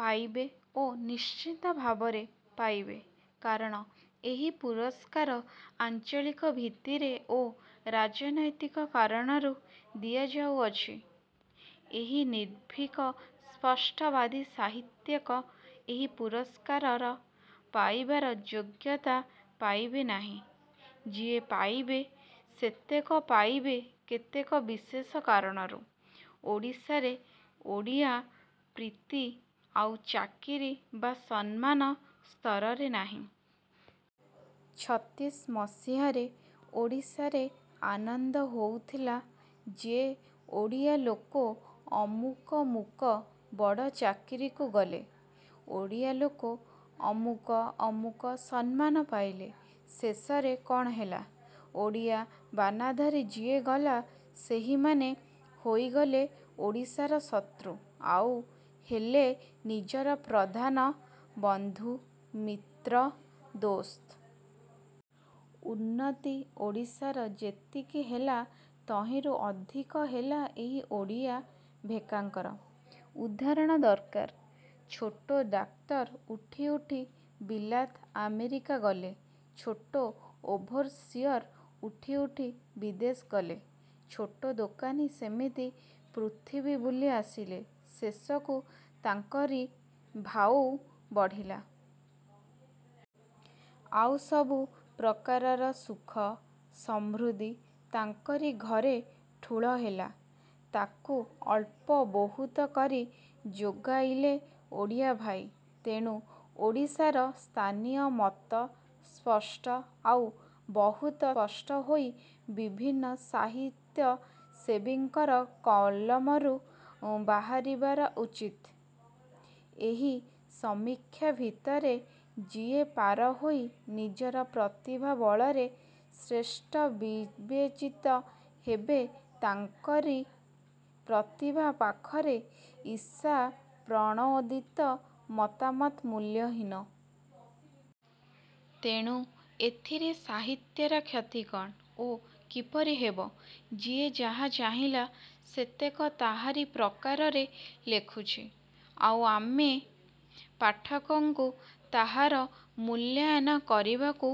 ପାଇବେ ଓ ନିଶ୍ଚିତ ଭାବରେ ପାଇବେ। କାରଣ ଏହି ପୁରସ୍କାର ଆଞ୍ଚଳିକ ଭିତ୍ତିରେ ଓ ରାଜନୈତିକ କାରଣରୁ ଦିଆଯାଉଛି। କେହି ନିର୍ଭୀକ ସ୍ପଷ୍ଟବାଦୀ ସାହିତ୍ୟିକ ଏହି ପୁରସ୍କାର ପାଇବାର ଯୋଗ୍ୟତା ପାଇବେ ନାହିଁ। ଯିଏ ପାଇବେ ସେତକ ପାଇବେ କେତେକ ବିଶେଷ କାରଣରୁ। ଓଡ଼ିଶାରେ ଓଡ଼ିଆ ପ୍ରୀତି ଆଉ ଚାକିରି ବା ସମ୍ମାନ ସ୍ତରରେ ନାହିଁ। ଛତିଶି ମସିହାରେ ଓଡ଼ିଶାରେ ଆନନ୍ଦ ହେଉଥିଲା ଯେ ଓଡ଼ିଆ ଲୋକ ଅମୁକ ମୁକ ବଡ଼ ଚାକିରୀକୁ ଗଲେ। ଓଡ଼ିଆ ଲୋକ ଅମୁକ ଅମୁକ ସମ୍ମାନ ପାଇଲେ। ଶେଷରେ କ'ଣ ହେଲା? ଓଡ଼ିଆ ବାନାଧରି ଯିଏ ଗଲେ ସେହିମାନେ ହେଇଗଲେ ଓଡ଼ିଶାର ଶତ୍ରୁ। ଆଉ ହେଲେ ନିଜର ପ୍ରଧାନ ବନ୍ଧୁ-ମିତ୍ର-ଦୋସ୍ତ। ଉନ୍ନତି ଓଡ଼ିଶାର ଯେତିକି ହେଲା ତହିଁରୁ ଅଧିକ ହେଲା ଏହି ଓଡ଼ିଆ-ଭେକାଙ୍କର। ଉଦାହରଣ ଦରକାର। ଛୋଟ ଡାକ୍ତର ଉଠି ଉଠି ବିଲାତ ଆମେରିକା ଗଲେ। ଛୋଟ ଓଭରସିଅର ଉଠି ଉଠି ବିଦେଶ ଗଲେ। ଛୋଟ ଦୋକାନୀ ସେମିତି ପୃଥିବୀ ବୁଲି ଆସିଲେ। ଶେଷକୁ ତାଙ୍କରି ଭାଉ ବଢ଼ିଲା। ଆଉ ସବୁ ପ୍ରକାରର ସୁଖ ସମୃଦ୍ଧି ତାଙ୍କରି ଘରେ ଠୁଳ ହେଲା-ତାକୁ ଅଳ୍ପ ବହୁତ କରି ଯୋଗାଇଲେ ଓଡ଼ିଆ ଭାଇ। ତେଣୁ ଓଡ଼ିଶାର ସ୍ଥାନୀୟ ମତ ସ୍ପଷ୍ଟ ଆଉ ବହୁତ ସ୍ପଷ୍ଟ ହୋଇ ବିଭିନ୍ନ ସାହିତ୍ୟସେବୀଙ୍କର କଲମରୁ ବାହାରିବା ଉଚିତ୍। ଏହି ସମୀକ୍ଷା ଭିତରେ ଯିଏ ପାର ହୋଇ ନିଜର ପ୍ରତିଭା ବଳରେ ଶ୍ରେଷ୍ଠ ବିବେଚିତ ହେବେ ତାଙ୍କର ପ୍ରତିଭା ପାଖରେ ଈଷାପ୍ରଣୋଦିତ ମତାମତ ମୂଲ୍ୟହୀନ। ତେଣୁ ଏଥିରେ ସାହିତ୍ୟର କ୍ଷତି କ'ଣ ଓ କିପରି ହେବ? ଯିଏ ଯାହା ଚାହିଁଲା ସେତକ ତାହାରି ପ୍ରକାରରେ ଲେଖୁଛି ଆଉ ଆମେ ପାଠକଙ୍କୁ ତାହାର ମୂଲ୍ୟାୟନ କରିବାକୁ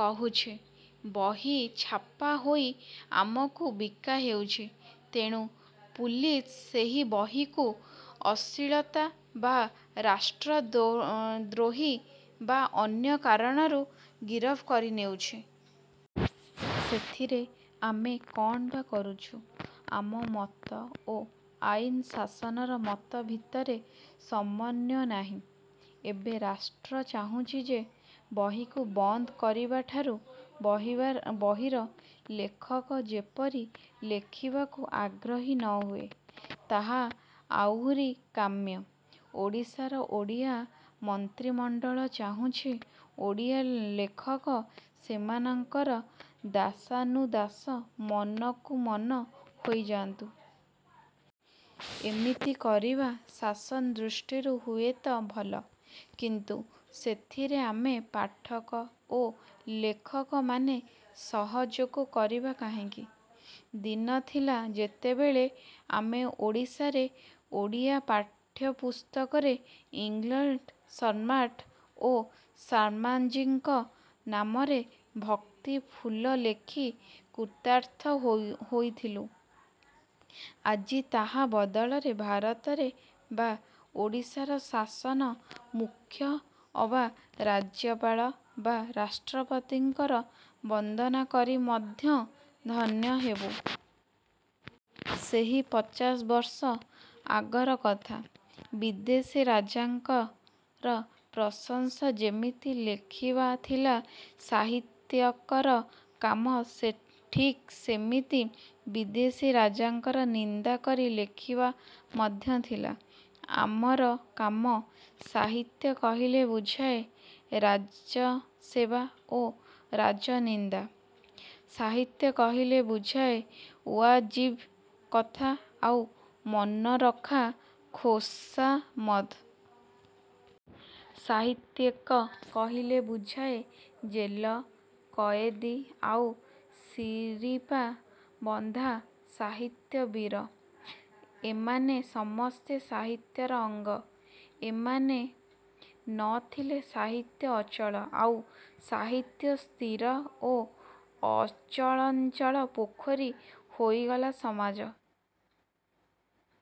କହୁଛି। ବହି ଛାପା ହୋଇ ଆମକୁ ବିକା ହେଉଛି। ଏଣେ ପୁଲିସ ସେହି ବହିକୁ ଅଶ୍ଳୀଳତା ବା ରାଷ୍ଟ୍ରଦ୍ରୋହ ବା ଅନ୍ୟ କାରଣରୁ ଗିରଫ କରି ନେଉଛି। ସେଥିରେ ଆମେ କ'ଣ ବା କରୁଛୁ? ଆମ ମତ ଓ ଆଇନ ଶାସନର ମତ ଭିତରେ ସମନ୍ୱୟ ନାହିଁ। ଏବେ ରାଷ୍ଟ୍ର ଚାହୁଁଛି ଯେ ବହିକୁ ବନ୍ଦ କରିବାଠାରୁ ବହିର ଲେଖକ ଯେପରି ଲେଖିବାକୁ ଆଗ୍ରହୀ ନ ହୁଏ-ତାହା ଆଉରି କାମ୍ୟ। ଓଡ଼ିଶାର ଓଡ଼ିଆ ମନ୍ତ୍ରୀମଣ୍ତଳ ଚାହୁଁଛି ଓଡ଼ିଆ ଲେଖକ ସେମାନଙ୍କର ଦାସାନୁଦାସ ମନକୁ ମନ ହୋଇଯାନ୍ତୁ। ଏମିତି କରିବା ଶାସନ ଦୃଷ୍ଟିରୁ ହୁଏ ତ ଭଲ-। କିନ୍ତୁ ସେଥିରେ ଆମେ ପାଠକ ଓ ଲେଖକମାନେ ସହଯୋଗ କରିବା କାହିଁକି? ଦିନଥିଲା ଯେତେବେଳେ ଆମେ ଓଡ଼ିଶାରେ ଓଡ଼ିଆ ପାଠ୍ୟପୁସ୍ତକରେ ଇଂଲଣ୍ତର ସମ୍ରାଟ୍ ଓ ସାମ୍ରାଜ୍ଞୀଙ୍କ ନାମରେ ଭକ୍ତିଫୁଲ ଲେଖି କୃତାର୍ଥ ହୋଇଥିଲୁ। ଆଜି ତାହା ବଦଳରେ ଭାରତରେ ବା ଓଡ଼ିଶାର ଶାସନ ମୁଖ୍ୟ ଅବା ରାଜ୍ୟପାଳ ବା ରାଷ୍ଟ୍ରପତିଙ୍କର ବନ୍ଦନା କରି ମଧ୍ୟ ଧନ୍ୟ ହେବୁ। ସେହି ପଚାଶବର୍ଷ ଆଗର କଥା। ବିଦେଶୀ ରାଜାଙ୍କର ପ୍ରଶଂସା ଯେମିତି ଲେଖିବା ଥିଲା ସାହିତ୍ୟିକର କାମ, ଠିକ୍ ସେମିତି ବିଦେଶୀ ରାଜାଙ୍କର ନିନ୍ଦା କରି ଲେଖିବା ମଧ୍ୟ ଥିଲା ଆମର କାମ। ସାହିତ୍ୟ କହିଲେ ବୁଝାଏ ରାଜସେବା ଓ ରାଜନିନ୍ଦା। ସାହିତ୍ୟ କହିଲେ ବୁଝାଏ ଉଆଜିବ୍ କଥା ଆଉ ମନରଖା ଖୋସାମଦ୍। ସାହିତ୍ୟିକ କହିଲେ ବୁଝାଏ ଜେଲ କଏଦୀ ଆଉ ଶିରିପା ବନ୍ଧା ସାହିତ୍ୟ ବୀର। ଏମାନେ ସମସ୍ତେ ସାହିତ୍ୟର ଅଙ୍ଗ। ଏମାନେ ନ ଥିଲେ ସାହିତ୍ୟ ଅଚଳ। ଆଉ ସାହିତ୍ୟ ସ୍ଥିର ଓ ଅଚଞ୍ଚଳ ପୋଖରୀ ହେଇଗଲେ ସମାଜ